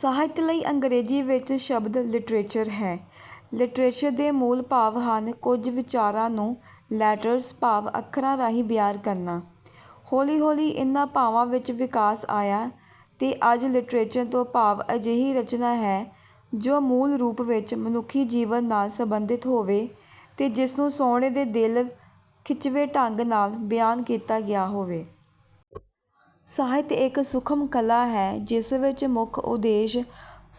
ਸਾਹਿਤ ਲਈ ਅੰਗਰੇਜ਼ੀ ਵਿੱਚ ਸ਼ਬਦ ਲਿਟਰੇਚਰ ਹੈ। ਲਿਟਰੇਚਰ ਦੇ ਮੂਲ ਭਾਵ ਹਨ ਕੁਝ ਵਿਚਾਰਾਂ ਨੂੰ ਲੈਟਰਜ਼ ਭਾਵ ਅੱਖਰਾਂ ਰਾਹੀਂ ਬਿਆਨ ਕਰਨਾ। ਹੌਲੀ-ਹੌਲੀ ਇਨ੍ਹਾਂ ਭਾਵਾਂ ਵਿੱਚ ਵਿਕਾਸ ਆਇਆ ਤੇ ਅੱਜ ਲਿਟਰੇਚਰ ਤੋਂ ਭਾਵ ਅਜਿਹੀ ਰਚਨਾ ਹੈ ਜੋ ਮੂਲ ਰੂਪ ਵਿੱਚ ਮਨੁੱਖੀ ਜੀਵਨ ਨਾਲ ਸੰਬੰਧਿਤ ਹੋਵੇ ਤੇ ਜਿਸਨੂੰ ਸੋਹਣੇ ਦੇ ਦਿਲ ਖਿੱਚਵੇਂ ਢੰਗ ਨਾਲ ਬਿਆਨ ਕੀਤਾ ਗਿਆ ਹੋਵੇ। ਸਾਹਿਤ ਇੱਕ ਸੂਖ਼ਮ ਕਲਾ ਹੈ ਜਿਸ ਦਾ ਮੁੱਖ ਉਦੇਸ਼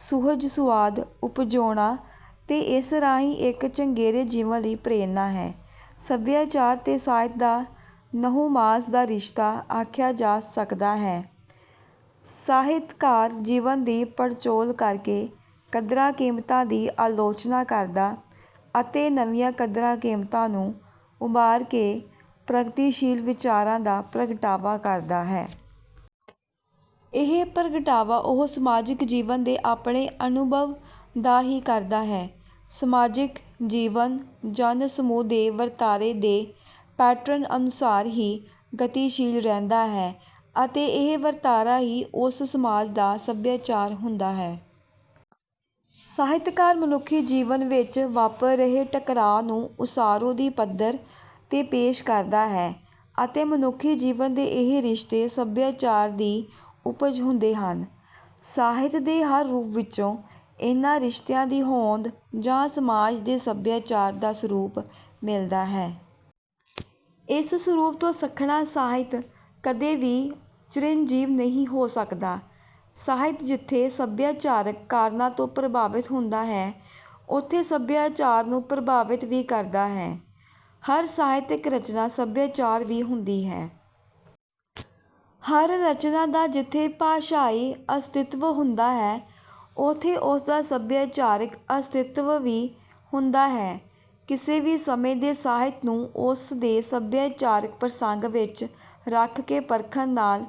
ਸੁਹਜ-ਸੁਆਦ ਉਪਜਾਉਣਾ ਤੇ ਇਸ ਰਾਹੀਂ ਇੱਕ ਚੰਗੇਰੇ ਜੀਵਨ ਲਈ ਪ੍ਰੇਰਣਾ ਹੈ। ਸਭਿਆਚਾਰ ਤੇ ਸਾਹਿਤ ਦਾ ਨਹੁੰ ਮਾਸ ਦਾ ਰਿਸ਼ਤਾ ਆਖਿਆ ਜਾ ਸਕਦਾ ਹੈ। ਸਾਹਿਤਕਾਰ ਜੀਵਨ ਦੀ ਪੜਚੋਲ ਕਰਕੇ ਕਦਰਾਂ-ਕੀਮਤਾਂ ਦੀ ਆਲੋਚਨਾ ਕਰਦਾ ਅਤੇ ਨਵੀਆਂ ਕਦਰਾਂ-ਕੀਮਤਾਂ ਨੂੰ ਉਭਾਰ ਕੇ ਪ੍ਰਗਤੀਸ਼ੀਲ ਵਿਚਾਰਾਂ ਦਾ ਪ੍ਰਗਟਾਵਾ ਕਰਦਾ ਹੈ। ਇਹ ਪ੍ਰਗਟਾਵਾ ਉਹ ਸਮਾਜਿਕ ਜੀਵਨ ਦੇ ਆਪਣੇ ਅਨੁਭਵ ਦਾ ਹੀ ਕਰਦਾ ਹੈ। ਸਮਾਜਿਕ, ਜੀਵਨ, ਜਨ ਸਮੂਹ ਦੇ ਵਰਤਾਰੇ ਦੇ ਪੈਟਰਨ ਅਨੁਸਾਰ ਹੀ ਗਤੀਸ਼ੀਲ ਰਹਿੰਦਾ ਹੈ ਅਤੇ ਇਹ ਵਰਤਾਰਾ ਹੀ ਉਸ ਸਮਾਜ ਦਾ ਸਭਿਆਚਾਰ ਹੁੰਦਾ ਹੈ। ਸਾਹਿਤਕਾਰ ਮਨੁੱਖੀ ਜੀਵਨ ਵਿੱਚ ਵਾਪਰ ਰਹੇ ਟਕਰਾਅ ਨੂੰ ਉਸਾਰੂ ਦੀ ਪੱਧਰ ਤੇ ਪੇਸ਼ ਕਰਦਾ ਹੈ ਅਤੇ ਮਨੁੱਖੀ ਜੀਵਨ ਦੇ ਇਹ ਰਿਸ਼ਤੇ ਸਭਿਆਚਾਰ ਦੀ ਉੱਪਜ ਹੁੰਦੇ ਹਨ। ਸਾਹਿਤ ਦੇ ਹਰ ਰੂਪ ਵਿਚੋਂ ਇਹਨਾਂ ਰਿਸ਼ਤਿਆਂ ਦੀ ਹੋਂਦ ਜਾਂ ਸਮਾਜ ਦੇ ਸਭਿਆਚਾਰ ਦਾ ਸਰੂਪ ਮਿਲਦਾ ਹੈ। ਇਸ ਸਰੂਪ ਤੋਂ ਸੱਖਣਾ ਸਾਹਿਤ ਕਦੇ ਵੀ ਚਿਰੰਜੀਵ ਨਹੀਂ ਹੋ ਸਕਦਾ। ਸਾਹਿਤ ਜਿਥੇ ਸਭਿਆਚਾਰਕ ਕਾਰਨਾਂ ਤੋਂ ਪ੍ਰਭਾਵਿਤ ਹੁੰਦਾ ਹੈ, ਉਥੇ ਸਭਿਆਚਾਰ ਨੂੰ ਪ੍ਰਭਾਵਿਤ ਵੀ ਕਰਦਾ ਹੈ। ਹਰ ਸਾਹਿਤਕ ਰਚਨਾ ਸਭਿਆਚਾਰਕ ਵੀ ਹੁੰਦੀ ਹੈ। ਹਰ ਰਚਨਾ ਦਾ ਜਿੱਥੇ ਭਾਸ਼ਾਈ ਅਸਤਿਤਵ ਹੁੰਦਾ ਹੈ, ਉੱਥੇ ਉਸ ਦਾ ਸਭਿਆਚਾਰਕ ਅਸਤਿਤਵ ਵੀ ਹੁੰਦਾ ਹੈ। ਕਿਸੇ ਵੀ ਸਮੇਂ ਦੇ ਸਾਹਿਤ ਨੂੰ ਉਸ ਦੇ ਸਭਿਆਚਾਰਕ ਪ੍ਰਸੰਗ ਵਿੱਚ ਰੱਖ ਕੇ ਪਰਖਣ ਨਾਲ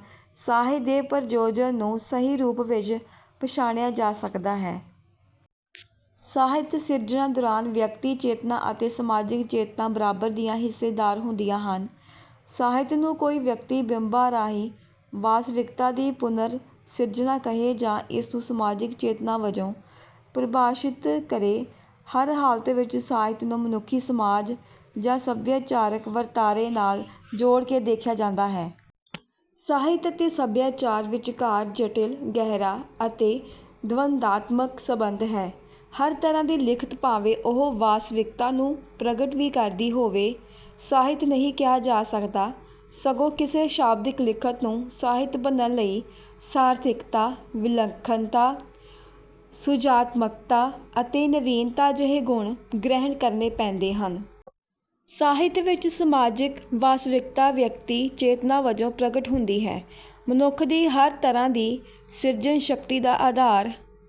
ਸਾਹਿਤ ਦੇ ਪ੍ਰਯੋਜਨ ਨੂੰ ਸਹੀ ਰੂਪ ਵਿੱਚ ਪਛਾਣਿਆ ਜਾ ਸਕਦਾ ਹੈ। ਸਾਹਿਤ ਸਿਰਜਣਾ ਦੌਰਾਨ ਵਿਅਕਤੀ ਚੇਤਨਾ ਅਤੇ ਸਮਾਜਿਕ ਚੇਤਨਾ ਬਰਾਬਰ ਦੀਆਂ ਹਿੱਸੇਦਾਰ ਹੁੰਦੀਆਂ ਹਨ। ਸਾਹਿਤ ਨੂੰ ਕੋਈ ਵਿਅਕਤੀ ਬਿੰਬਾਂ ਰਾਹੀਂ ਵਾਸਤਵਿਕਤਾ ਦੀ ਪੁਨਰ ਸਿਰਜਣਾ ਕਹੇ ਜਾਂ ਇਸਨੂੰ ਸਮਾਜਿਕ ਚੇਤਨਾ ਵਜੋਂ ਪਰਿਭਾਸ਼ਿਤ ਕਰੇ ਹਰ ਹਾਲਤ ਵਿੱਚ ਸਾਹਿਤ ਨੂੰ ਮਨੁੱਖੀ ਸਮਾਜ ਜਾਂ ਸਭਿਆਚਾਰਕ ਵਰਤਾਰੇ ਨਾਲ ਜੋੜ ਕੇ ਦੇਖਿਆ ਜਾਂਦਾ ਹੈ। ਸਾਹਿਤ ਅਤੇ ਸਭਿਆਚਾਰ ਵਿਚਕਾਰ ਜਟਿਲ, ਗਹਿਰਾ ਅਤੇ ਦਵੰਦਾਤਮਕ ਸੰਬੰਧ ਹੈ। ਹਰ ਤਰ੍ਹਾਂ ਦੀ ਲਿਖਤ ਭਾਵੇਂ ਉਹ ਵਾਸਤਵਿਕਤਾ ਨੂੰ ਪ੍ਰਗਟ ਵੀ ਕਰਦੀ ਹੋਵੇ, ਸਾਹਿਤ ਨਹੀਂ ਕਿਹਾ ਜਾ ਸਕਦਾ, ਸਗੋਂ ਕਿਸੇ ਸ਼ਾਬਦਿਕ ਲਿਖਤ ਨੂੰ ਸਾਹਿਤ ਬਨਣ ਲਈ ਸਾਰਥਿਕਤਾ, ਵਿਲੱਖਣਤਾ, ਸੁਹਜਾਤਮਕਤਾ ਅਤੇ ਨਵੀਨਤਾ ਜਿਹੇ ਗੁਣ ਗ੍ਰਹਿਣ ਕਰਨੇ ਪੈਂਦੇ ਹਨ। ਸਾਹਿਤ ਵਿੱਚ ਸਮਾਜਿਕ ਵਾਸਤਵਿਕਤਾ ਵਿਅਕਤੀ ਚੇਤਨਾ ਵਜੋਂ ਪ੍ਰਗਟ ਹੁੰਦੀ ਹੈ। ਮਨੁੱਖ ਦੀ ਹਰ ਤਰ੍ਹਾਂ ਦੀ ਸਿਰਜਨ ਸ਼ਕਤੀ ਦਾ ਆਧਾਰ